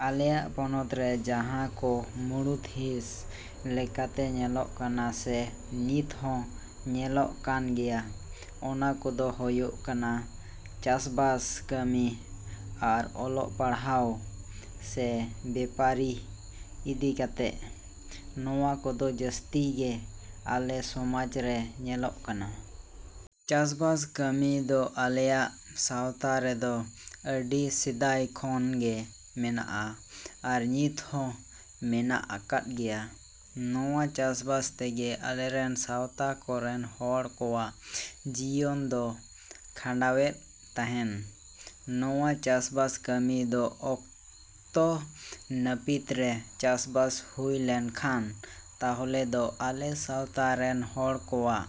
ᱟᱞᱮᱭᱟᱜ ᱯᱚᱱᱚᱛ ᱨᱮ ᱡᱟᱦᱟᱸ ᱠᱚ ᱢᱩᱬᱩᱛ ᱦᱤᱸᱥ ᱞᱮᱠᱟᱛᱮ ᱧᱮᱞᱚᱜ ᱠᱟᱱᱟ ᱥᱮ ᱱᱤᱛ ᱦᱚᱸ ᱧᱮᱞᱚᱜ ᱠᱟᱱ ᱜᱮᱭᱟ, ᱚᱱᱟ ᱠᱚᱫᱚ ᱦᱩᱭᱩᱜ ᱠᱟᱱᱟ ᱪᱟᱥᱵᱟᱥ ᱠᱟᱹᱢᱤ ᱟᱨ ᱚᱞᱚᱜ ᱯᱟᱲᱦᱟᱣ ᱥᱮ ᱵᱮᱯᱟᱨᱤ ᱤᱫᱤ ᱠᱟᱛᱮᱫ᱾ ᱱᱚᱣᱟ ᱠᱚᱫᱚ ᱡᱟᱹᱥᱛᱤ ᱜᱮ ᱟᱞᱮ ᱥᱚᱢᱟᱡᱽ ᱨᱮ ᱧᱮᱞᱚᱜ ᱠᱟᱱᱟ᱾ ᱪᱟᱥᱵᱟᱥ ᱠᱟᱹᱢᱤ ᱫᱚ ᱟᱞᱮᱭᱟᱜ ᱥᱟᱶᱛᱟ ᱨᱮᱫᱚ ᱟᱹᱰᱤ ᱥᱮᱫᱟᱭ ᱠᱷᱚᱱ ᱜᱮ ᱢᱮᱱᱟᱜᱼᱟ ᱟᱨ ᱱᱤᱛ ᱦᱚᱸ ᱢᱮᱱᱟᱜ ᱟᱠᱟᱫ ᱜᱮᱭᱟ᱾ ᱱᱚᱣᱟ ᱪᱟᱥᱵᱟᱥ ᱛᱮᱜᱮ ᱟᱞᱮᱨᱮᱱ ᱥᱟᱶᱛᱟ ᱠᱚᱨᱮᱱ ᱦᱚᱲ ᱠᱚᱣᱟᱜ ᱡᱤᱭᱚᱱ ᱫᱚ ᱠᱷᱟᱸᱰᱟᱣᱮᱫ ᱛᱟᱦᱮᱱ᱾ ᱱᱚᱣᱟ ᱪᱟᱥᱵᱟᱥ ᱠᱟᱹᱢᱤ ᱫᱚ ᱚᱠᱛᱚ ᱱᱟᱹᱯᱤᱛ ᱨᱮ ᱪᱟᱥᱵᱟᱥ ᱦᱩᱭ ᱞᱮᱱᱠᱷᱟᱱ ᱛᱟᱦᱚᱞᱮ ᱫᱚ ᱟᱞᱮ ᱥᱟᱶᱛᱟ ᱨᱮᱱ ᱦᱚᱲ ᱠᱚᱣᱟᱜ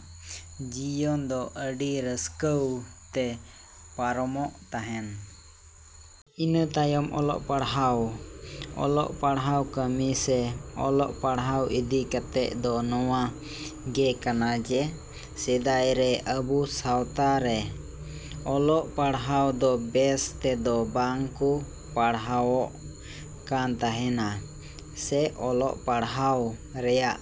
ᱡᱤᱭᱚᱱ ᱫᱚ ᱟᱹᱰᱤ ᱨᱟᱹᱥᱠᱟᱹᱣ ᱛᱮ ᱯᱟᱨᱚᱢᱚᱜ ᱛᱟᱦᱮᱱ᱾ ᱤᱱᱟᱹ ᱛᱟᱭᱚᱢ ᱚᱞᱚᱜ ᱯᱟᱲᱦᱟᱣ᱾ ᱚᱞᱚᱜ ᱯᱟᱲᱦᱟᱣ ᱠᱟᱹᱢᱤ ᱥᱮ ᱚᱞᱚᱜ ᱯᱟᱲᱦᱟᱣ ᱤᱫᱤ ᱠᱟᱛᱮᱫ ᱫᱚ ᱱᱚᱶᱟ ᱜᱮ ᱠᱟᱱᱟ ᱡᱮ ᱥᱮᱫᱟᱭ ᱨᱮ ᱟᱵᱚ ᱥᱟᱶᱛᱟ ᱨᱮ ᱚᱞᱚᱜ ᱯᱟᱲᱦᱟᱣ ᱫᱚ ᱵᱮᱥ ᱛᱮᱫᱚ ᱵᱟᱝ ᱠᱚ ᱯᱟᱲᱦᱟᱣᱚᱜ ᱠᱟᱱ ᱛᱟᱦᱮᱱᱟ ᱥᱮ ᱚᱞᱚᱜ ᱯᱟᱲᱦᱟᱣ ᱨᱮᱭᱟᱜ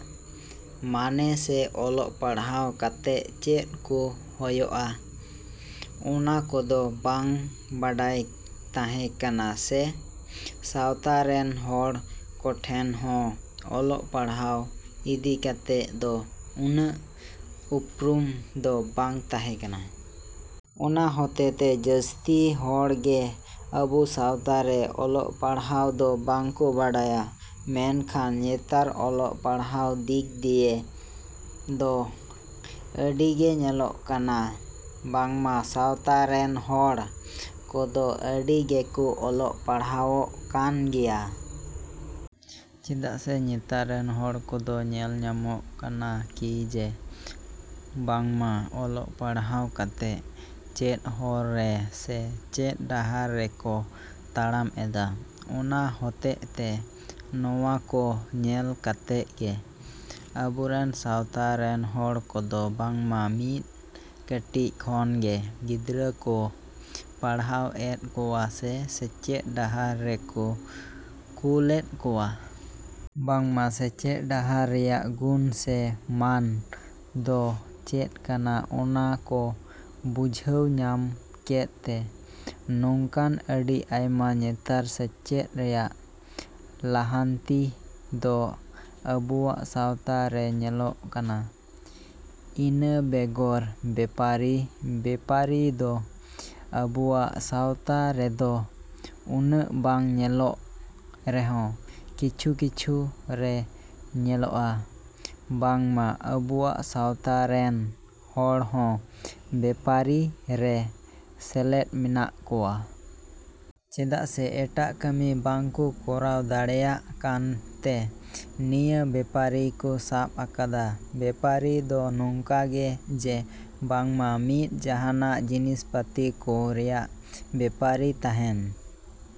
ᱢᱟᱱᱮ ᱥᱮ ᱚᱞᱚᱜ ᱯᱟᱲᱦᱟᱣ ᱠᱟᱛᱮᱫ ᱪᱮᱫ ᱠᱚ ᱦᱩᱭᱩᱜᱼᱟ ᱚᱱᱟ ᱠᱚᱫᱚ ᱵᱟᱝ ᱵᱟᱲᱟᱭ ᱛᱟᱦᱮᱸ ᱠᱟᱱᱟ ᱥᱮ ᱥᱟᱶᱛᱟ ᱨᱮᱱ ᱦᱚᱲ ᱠᱚᱴᱷᱮᱱ ᱦᱚᱸ ᱚᱞᱚᱜ ᱯᱟᱲᱦᱟᱣ ᱤᱫᱤ ᱠᱟᱛᱮᱫ ᱫᱚ ᱩᱱᱟᱹᱜ ᱩᱯᱨᱩᱢ ᱫᱚ ᱵᱟᱝ ᱛᱟᱦᱮᱸ ᱠᱟᱱᱟ᱾ ᱚᱱᱟ ᱦᱚᱛᱮᱛᱮ ᱡᱟᱹᱥᱛᱤ ᱦᱚᱲ ᱜᱮ ᱟᱵᱚ ᱥᱟᱶᱛᱟ ᱨᱮ ᱚᱞᱚᱜ ᱯᱟᱲᱦᱟᱣ ᱫᱚ ᱵᱟᱝ ᱠᱚ ᱵᱟᱰᱟᱭᱟ᱾ ᱢᱮᱱᱠᱷᱟᱱ ᱱᱮᱛᱟᱨ ᱚᱞᱚᱜ ᱯᱟᱲᱦᱟᱣ ᱫᱤᱠ ᱫᱤᱭᱮ ᱫᱚ ᱟᱹᱰᱤ ᱜᱮ ᱧᱮᱞᱚᱜ ᱠᱟᱱᱟ ᱵᱟᱝᱢᱟ ᱥᱟᱶᱛᱟ ᱨᱮᱱ ᱦᱚᱲ ᱠᱚᱫᱚ ᱟᱹᱰᱤ ᱜᱮᱠᱚ ᱚᱞᱚᱜ ᱯᱟᱲᱦᱟᱣᱚᱜ ᱠᱟᱱ ᱜᱮᱭᱟ᱾ ᱪᱮᱫᱟᱜ ᱥᱮ ᱱᱮᱛᱟᱨ ᱨᱮᱱ ᱦᱚᱲ ᱠᱚᱫᱚ ᱧᱮᱞ ᱧᱟᱢᱚᱜ ᱠᱟᱱᱟ ᱠᱤ ᱡᱮ ᱵᱟᱝᱢᱟ ᱚᱞᱚᱜ ᱯᱟᱲᱦᱟᱣ ᱠᱟᱛᱮᱜ ᱪᱮᱫ ᱦᱚᱨ ᱨᱮ ᱥᱮ ᱪᱮᱫ ᱰᱟᱦᱟᱨ ᱨᱮᱠᱚ ᱛᱟᱲᱟᱢ ᱮᱫᱟ᱾ ᱚᱱᱟ ᱦᱚᱛᱮᱜ ᱛᱮ ᱱᱚᱶᱟ ᱠᱚ ᱧᱮᱞ ᱠᱟᱛᱮ ᱜᱮ ᱟᱵᱚᱨᱮᱱ ᱥᱟᱶᱛᱟ ᱨᱮᱱ ᱦᱚᱲ ᱠᱚᱫᱚ ᱵᱟᱝᱢᱟ ᱢᱤᱫ ᱠᱟᱹᱴᱤᱡ ᱠᱷᱚᱱ ᱜᱮ ᱜᱤᱫᱽᱨᱟᱹ ᱠᱚ ᱯᱟᱲᱦᱟᱣ ᱮᱫ ᱠᱚᱣᱟ ᱥᱮ ᱥᱮᱪᱮᱫ ᱰᱟᱦᱟᱨ ᱨᱮᱠᱚ ᱠᱩᱞᱮᱫ ᱠᱚᱣᱟ᱾ ᱵᱟᱝᱢᱟ ᱥᱮᱪᱮᱫ ᱰᱟᱦᱟᱨ ᱨᱮᱭᱟᱜ ᱜᱩᱱ ᱥᱮ ᱢᱟᱱ ᱫᱚ ᱪᱮᱫ ᱠᱟᱱᱟ ᱚᱱᱟ ᱠᱚ ᱵᱩᱡᱷᱟᱹᱣ ᱧᱟᱢ ᱠᱮᱫ ᱛᱮ ᱱᱚᱝᱠᱟᱱ ᱟᱹᱰᱤ ᱟᱭᱢᱟ ᱱᱮᱛᱟᱨ ᱥᱮᱪᱮᱫ ᱨᱮᱭᱟᱜ ᱞᱟᱦᱟᱱᱛᱤ ᱫᱚ ᱟᱵᱚᱣᱟᱜ ᱥᱟᱶᱛᱟ ᱨᱮ ᱧᱮᱞᱚᱜ ᱠᱟᱱᱟ᱾ ᱤᱱᱟᱹ ᱵᱮᱜᱚᱨ ᱵᱮᱯᱟᱨᱤ᱾ ᱵᱮᱯᱟᱨᱤ ᱫᱚ ᱟᱵᱚᱣᱟᱜ ᱥᱟᱶᱛᱟ ᱨᱮᱫᱚ ᱩᱱᱟᱹᱜ ᱵᱟᱝ ᱧᱮᱞᱚᱜ ᱨᱮᱦᱚᱸ ᱠᱤᱪᱷᱩ ᱠᱤᱪᱷᱩ ᱨᱮ ᱧᱮᱞᱚᱜᱼᱟ ᱵᱟᱝᱢᱟ ᱟᱵᱚᱣᱟᱜ ᱥᱟᱶᱛᱟ ᱨᱮᱱ ᱦᱚᱲ ᱦᱚᱸ ᱵᱮᱯᱟᱨᱤ ᱨᱮ ᱥᱮᱞᱮᱫ ᱢᱮᱱᱟᱜ ᱠᱚᱣᱟ᱾ ᱪᱮᱫᱟᱜ ᱥᱮ ᱮᱴᱟᱜ ᱠᱟᱹᱢᱤ ᱵᱟᱝ ᱠᱚ ᱠᱚᱨᱟᱣ ᱫᱟᱲᱮᱭᱟᱜ ᱠᱟᱱ ᱛᱮ ᱱᱤᱭᱟᱹ ᱵᱮᱯᱟᱨᱤ ᱠᱚ ᱥᱟᱵ ᱟᱠᱟᱫᱟ᱾ ᱵᱮᱯᱟᱨᱤ ᱫᱚ ᱱᱚᱝᱠᱟ ᱜᱮ ᱡᱮ ᱵᱟᱝᱢᱟ ᱢᱤᱫ ᱡᱟᱦᱟᱸᱱᱟᱜ ᱡᱤᱱᱤᱥ ᱯᱟᱛᱤ ᱠᱚ ᱨᱮᱭᱟᱜ ᱵᱮᱯᱟᱨᱤ ᱛᱟᱦᱮᱸᱱ